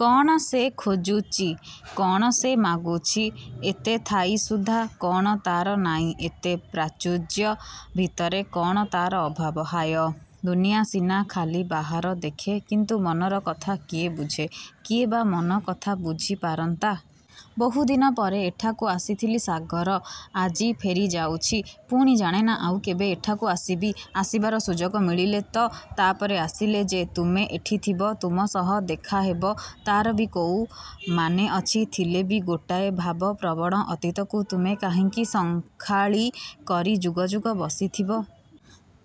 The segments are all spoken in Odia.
କ'ଣ ସେ ଖୋଜୁଛି-କ'ଣ ସେ ମାଗୁଛି? ଏତେ ଥାଇ ସୁଦ୍ଧା କ'ଣ ତା'ର ନାଇଁ; ଏତେ ପ୍ରାଚୁର୍ଯ୍ୟ ଭିତରେ କ'ଣ ତା'ର ଅଭାବ। ହାୟ! ଦୁନିଆ ସିନା ଖାଲି ବାହାର ଦେଖେ; କିନ୍ତୁ ମନର କଥା କିଏ ବୁଝେ? କିଏ ବା ମନ କଥା ବୁଝି ପାରନ୍ତା? ବହୁ ଦିନ ପରେ ଏଠାକୁ ଆସିଥିଲି ସାଗର; ଆଜି ଫେରି ଯାଉଛି। ପୁଣି ଜାଣେନା ଆଉ କେବେ ଏଠାକୁ ଆସିବି; ଆସିବାର ସୁଯୋଗ ମିଳିଲେ ତ? ତା'ପରେ ଆସିଲେ ଯେ ତୁମେ ଏଠିଥିବ; ତୁମ ସହ ଦେଖାହେବ ତା'ର ବି କୋଉମାନେ ଅଛି। ଥିଲେ ବି; ଗୋଟାଏ ଭାବପ୍ରବଣ ଅତୀତକୁ ତୁମେ କାହିଁକି ସଙ୍ଖାଳୀ କରି ଯୁଗ ଯୁଗ ବସିଥିବ?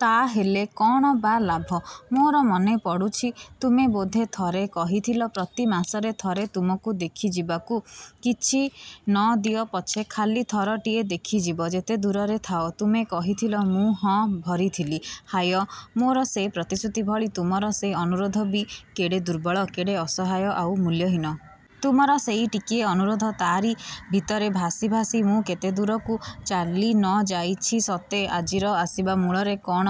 ତା'ହେଲେ। କ'ଣ ବା ଲାଭ? ମୋର ମନେ ପଡ଼ୁଛି ତୁମେ ବୋଧେ ଥରେ କହିଥିଲ ପ୍ରତି ମାସରେ ଥରେ ତୁମକୁ ଦେଖି ଯିବାକୁ। ''କିଛି ନ ଦିଅ ପଛେ'' ଖାଲି ଥରଟିଏ ଦେଖିଯିବ-ଯେତେ ଦୂରରେ ଥାଅ। ତୁମେ କହିଥିଲ, ମୁଁ ହଁ ଭରିଥିଲି। ହାୟ; ମୋର ସେ ପ୍ରତିଶ୍ରୁତି ଭଳି ତୁମର ସେ ଅନୁରୋଧ ବି କେଡ଼େ ଦୁର୍ବଳ, କେଡ଼େ ଅସହାୟ ଆଉ ମୂଲ୍ୟହୀନ। ତୁମର ସେଇ ଟିକିଏ ଅନୁରୋଧ; ତା'ରି ଭିତରେ ଭାସି ଭାସି ମୁଁ କେତେ ଦୂରକୁ ଚାଲି ନ ଯାଇଛି ସତେ! ଆଜିର ଆସିବା ମୂଳରେ କ'ଣ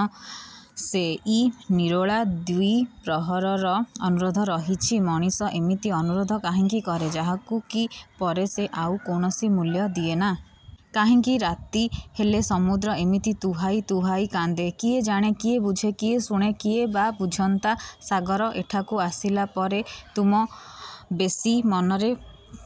ସେଇ ନିରୋଳା ଦ୍ୱିପ୍ରହରର ଅନୁରୋଧ ରହିଛି। ମଣିଷ ଏମିତି ଅନୁରୋଧ କାହିଁକି କରେ; ଯାହାକୁ କି ପରେ ସେ ଆଉ କୌଣସି ମୂଲ୍ୟ ଦିଏନା। କାହିଁକି ରାତି ହେଲେ ସମୁଦ୍ର ଏମିତି ତୁହାଇ ତୁହାଇ କାନ୍ଦେ। କିଏ ଜାଣେ, କିଏ ବୁଝେ, କିଏ ଶୁଣେ? କିଏ ବା ବୁଝନ୍ତା? ସାଗର! ଏଠାକୁ ଆସିଲା ପରେ ତୁମ ବେଶୀ ମନରେ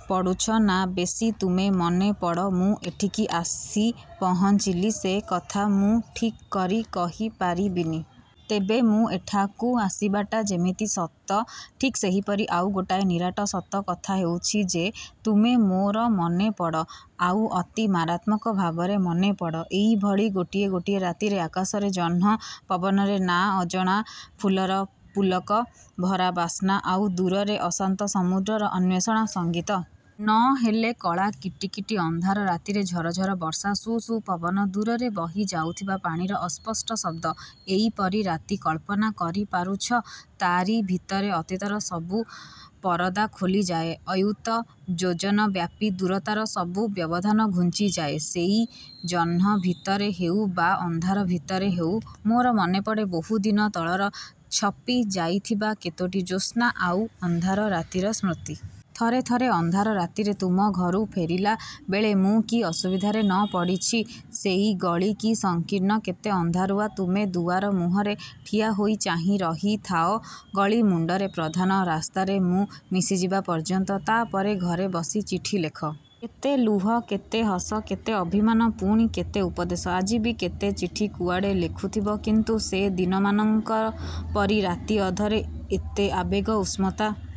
ପଡ଼ୁଛ ନା ବେଶୀ ତୁମେ ମନେପଡ଼ ମୁଁ ଏଇଠି ଆସି ପହଞ୍ଚିଲି, ସେ କଥା ମୁଁ ଠିକ୍ କରି କହି ପାରିବିନି। ତେବେ ମୁଁ ଏଠାକୁ ଆସିବାଟା ଯେମିତି ସତ; ଠିକ୍ ସେହିପରି ଆଉ ଗୋଟାଏ ନିରାଟ ସତ କଥା ହେଉଛି ଯେ ''ତୁମେ ମୋର ମନେ ପଡ଼। '' ଆଉ ଅତି ମାରାତ୍ମକ ଭାବରେ ମନେ ପଡ଼, ଏଇଭଳି ଗୋଟିଏ ଗୋଟିଏ ରାତିରେ। ଆକାଶରେ ଜହ୍ନ-ପବନରେ ନାଁ ଅଜଣା ଫୁଲର ପୁଲକ-ଭରା ବାସ୍ନା-ଆଉ ଦୂରରେ ଅଶାନ୍ତ ସମୁଦ୍ରର ଅନ୍ୱେଷଣ-ସଙ୍ଗୀତ। ନହେଲେ କଳା କିଟିକିଟି ଅନ୍ଧାର ରାତିରେ-ଝରଝର ବର୍ଷା-ସୁ ସୁ ପବନ-ଦୂରରେ ବହି ଯାଉଥିବା ପାଣିର ଅସ୍ପଷ୍ଟ ଶବ୍ଦ। ଏଇପରି ରାତି-କଳ୍ପନା କରି ପାରୁଛ? ତା'ରି ଭିତରେ ଅତୀତର ସବୁ ପରଦା ଖୋଲିଯାଏ-ଅୟୂତ ଯୋଜନ ବ୍ୟାପୀ ଦୂରତାର ସବୁ ବ୍ୟବଧାନ ଘୁଞ୍ଚିଯାଏ-ସେଇ ଜହ୍ନ ଭିତରେ ହେଉ ବା ଅନ୍ଧାର ଭିତରେ ହେଉ; ମୋର ମନେପଡ଼େ; ବହୁ ଦିନ ତଳର ଛପି ଯାଇଥିବା କେତୋଟି ଜ୍ୟୋସ୍ନା ଆଉ ଅନ୍ଧାର ରାତିର ସ୍ମୃତି। ଥରେ ଥରେ ଅନ୍ଧାର ରାତିରେ ତୁମ ଘରୁ ଫେରିଲାବେଳେ ମୁଁ କି ଅସୁବିଧାରେ ନ ପଡ଼ିଛି। ସେଇ ଗଳି କି ସଂକୀର୍ଣ୍ଣ, କେତେ ଅନ୍ଧାରୁଆ। ତୁମେ ଦୁଆର ମୁହଁରେ ଠିଆହୋଇ ଚାହିଁ ରହିଥାଅ; ଗଳି ମୁଣ୍ଡରେ ପ୍ରଧାନ ରାସ୍ତାରେ ମୁଁ ମିଶିଯିବା ପର୍ଯ୍ୟନ୍ତ। ତା'ପରେ ଘରେ ବସି ଚିଠି ଲେଖ। କେତେ ଲୁହ, କେତେ ହସ, କେତେ ଅଭିମାନ ପୁଣି କେତେ ଉପଦେଶ! ଆଜି ବି କେତେ ଚିଠି କୁଆଡ଼େ ଲେଖୁଥିବ କିନ୍ତୁ ସେ ଦିନମାନଙ୍କ ପରି ରାତି ଅଧରେ; ଏତେ ଆବେଗ, ଉଷ୍ମତା